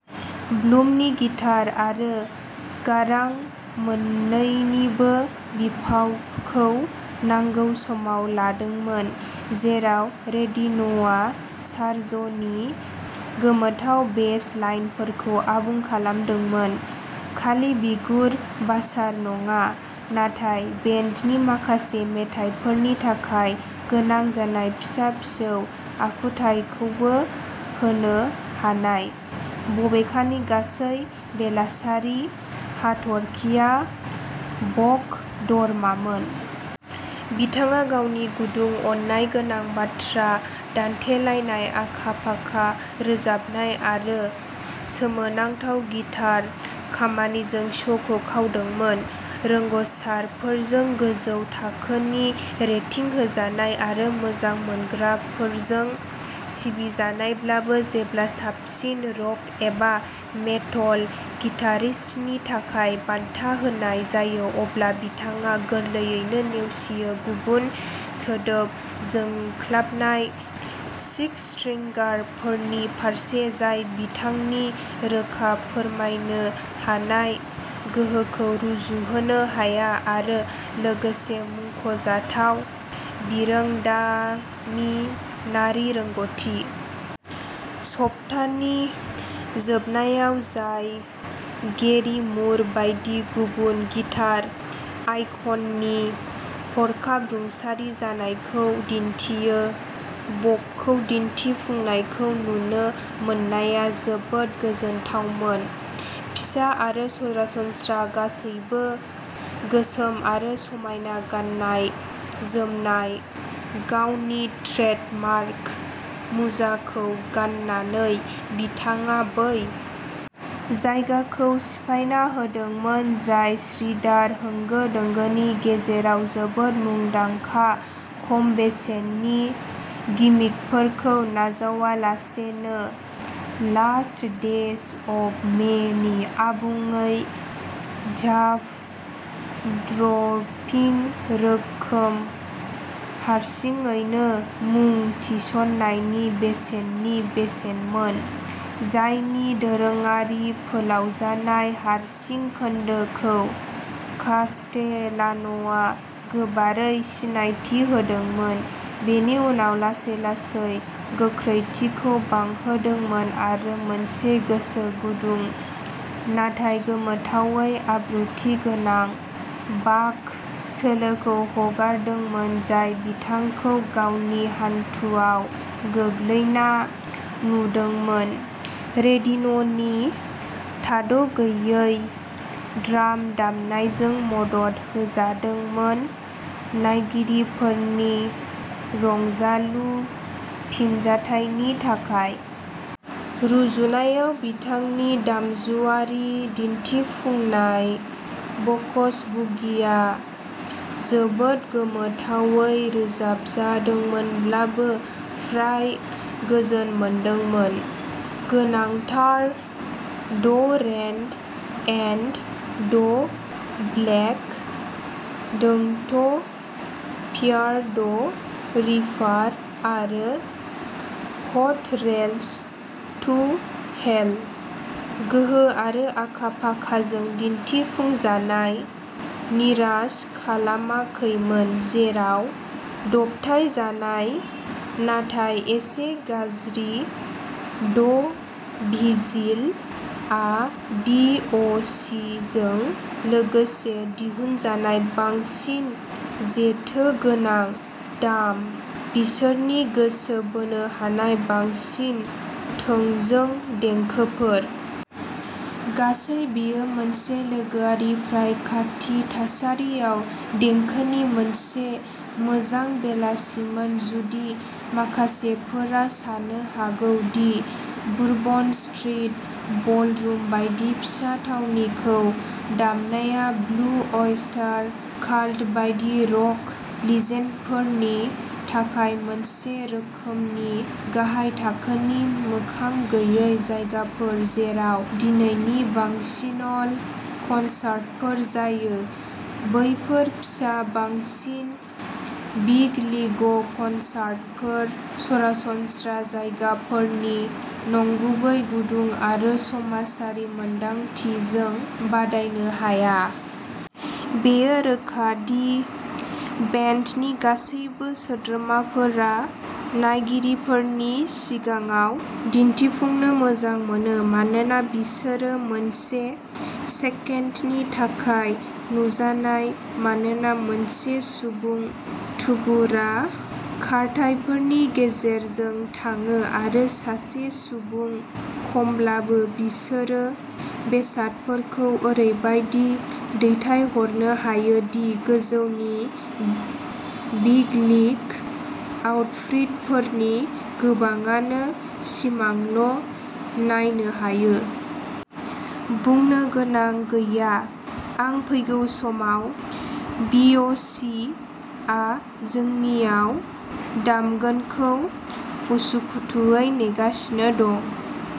ब्लुमनि guitar आरो गारां मोन्नैनिबो बिफावखौ नांगौ समाव लादोंमोन। जेराव रेडिन'आ सारज'नि गोमोथाव बेस लाइनफोरखौ आबुं खालामदोंमोन खालि बिगुर बासार नङा, नाथाय बेन्दनि माखासे मेथाइफोरनि थाखाय गोनां जानाय फिसा-फिसौ आखुथायखौबो होनो हानाय। बबेखानि, गासै बेलासानि हाथरखिआ बक धर्मामोन। बिथाङा गावनि गुदुं, अननायगोनां बाथ्रा दान्थेलायनाय, आखा-फाखा रोजाबनाय, आरो सोमोनांथाव गिटार खामानिजों श'खौ खावदोंमोन। रोंग'सारफोरजों गोजौ थाखोनि रेटिं होजानाय आरो मोजां मोनग्राफोरजों सिबिजानायब्लाबो जेब्ला साबसिन रक एबा मेटल गिटारिस्टनि थाखाय बान्था होनाय जायो अब्ला बिथाङा गोरलैयैनो नेवसियो गुबुन जोबोद जोंख्लाबनाय सिक्स-स्ट्रिंगारफोरनि फारसे, जाय बिथांनि रोखा फोरमायनो हानाय गोहोखौ रुजुहोनो हाया आरो लोगोसे मुंख'जाथाव बिरोंदामिनारि रोंग'थि। सप्तानि जोबनायाव जाय गेरि मुर बायदि गुबुन गिटार आइकननि हरखाब रुंसारि जानायखौ दिन्थियो, बकखौ दिन्थिफुंनायखौ नुनो मोननाया जोबोद गोजोनथावमोन। फिसा आरो सरासनस्रा गासैबो गोसोम आरो समायना गाननाय-जोमनाय। गावनि ट्रेडमार्क मुजाखौ गाननानै बिथाङा बै जायगाखौ सिफायना होदोंमोन जाय श्रेडार होंगो दोंगोनि गेजेराव जोबोद मुंदांखा खम बेसेननि गिमिकफोरखौ नाजावालासेनो लास्ट डेज अफ मे नि आबुङै जाभ-ड्रपिं रोखोम हारसिङैनो मुं थिसननायनि बेसेननि बेसेनमोन जायनि दोरोङारि फोलावजानाय हारसिं खोन्दोखौ कास्टेलान'आ गोबारै सिनायथि होदोंमोन। बेनि उनाव लासै लासै गोख्रैथिखौ बांहोदोंमोन आरो मोनसे गोसो गुदुं नाथाय गोमोथावै आब्रुथिगोनां बाक सोलोखौ हगारदोंमोन जाय बिथांखौ गावनि हान्थुआव गोग्लैना नुदोंमोन रेडिन'नि थाद'गैयै ड्राम दामनायजों मदद होजादोंमोन नायगिरिफोरनि रंजालु फिनजाथायनि थाखाय। रुजुनायाव बिथांनि दामजुआरि दिन्थिफुंनाय "बक'ज बुगी" आ, जोबोद गोमोथावै रोजाबजादोंमोनब्लाबो, फ्राय गोजोन मोनदोंमोन। गोनांथार "the red and the black", "don't fear the reaper" आरो "हट रेल्स टू हेल", गोहो आरो आखा-फाखाजों दिन्थिफुंजानाय, निराश खालामाखैमोन जेराव दबथायजानाय नाथाय एसे गाज्रि "द भिजिल" आ बि अ सि जों लोगोसे दिहुनजानाय बांसिन जेथोगोनां दाम बिसोरनि गोसो बोनो हानाय, बांसिन थोंजों देंखोफोर। गासै, बेयो मोनसे लोगोआरि, फ्राय खाथि थासारियाव देंखोनि मोनसे मोजां बेलासिमोन। जुदि माखासेफोरा सानो हागौ दि बुरबन स्ट्रिट बलरुम बायदि फिसा थावनिखौ दामनाया ब्लु ऑयस्टार काल्ट बायदि रक लिजेन्डफोरनि थाखाय मोनसे रोखोमनि गाहाय थाखोनि, मोखां गैयै जायगाफोर जेराव दिनैनि बांसिनल 'कनसार्टफोर जायो, बैफोर फिसा बांसिन बिग-लिग'कनसार्टफोर, सरासनस्रा जायगाफोरनि नंगुबै गुदुं आरो समाजारि मोनदांथिजों बादायनो हाया। बेयो रोखा दि बेन्डनि गासैबो सोद्रोमाफोरा नायगिरिफोरनि सिगाङाव दिन्थिफुंनो मोजां मोनो, मानोना बिसोरो मोनसे सेकेन्डनि थाखाय नुजाया मानोना मोनसे सुबुं थुबुरआ खारथाइफोरनि गेजेरजों थाङो आरो सासे सुबुं खमब्लाबो बिसोरो बेसादफोरखौ ओरैबायदि दैथायहरनो हायो दि गोजौनि बिग-लिग आउटफिटफोरनि गोबांआनो सिमांल' नायनो हायो। बुंनो गोनां गैया, आं फैगौ समाव बि. अ. सि. आ जोंनिआव दामगोनखौ उसुखुथुयै नेगासिनो दं।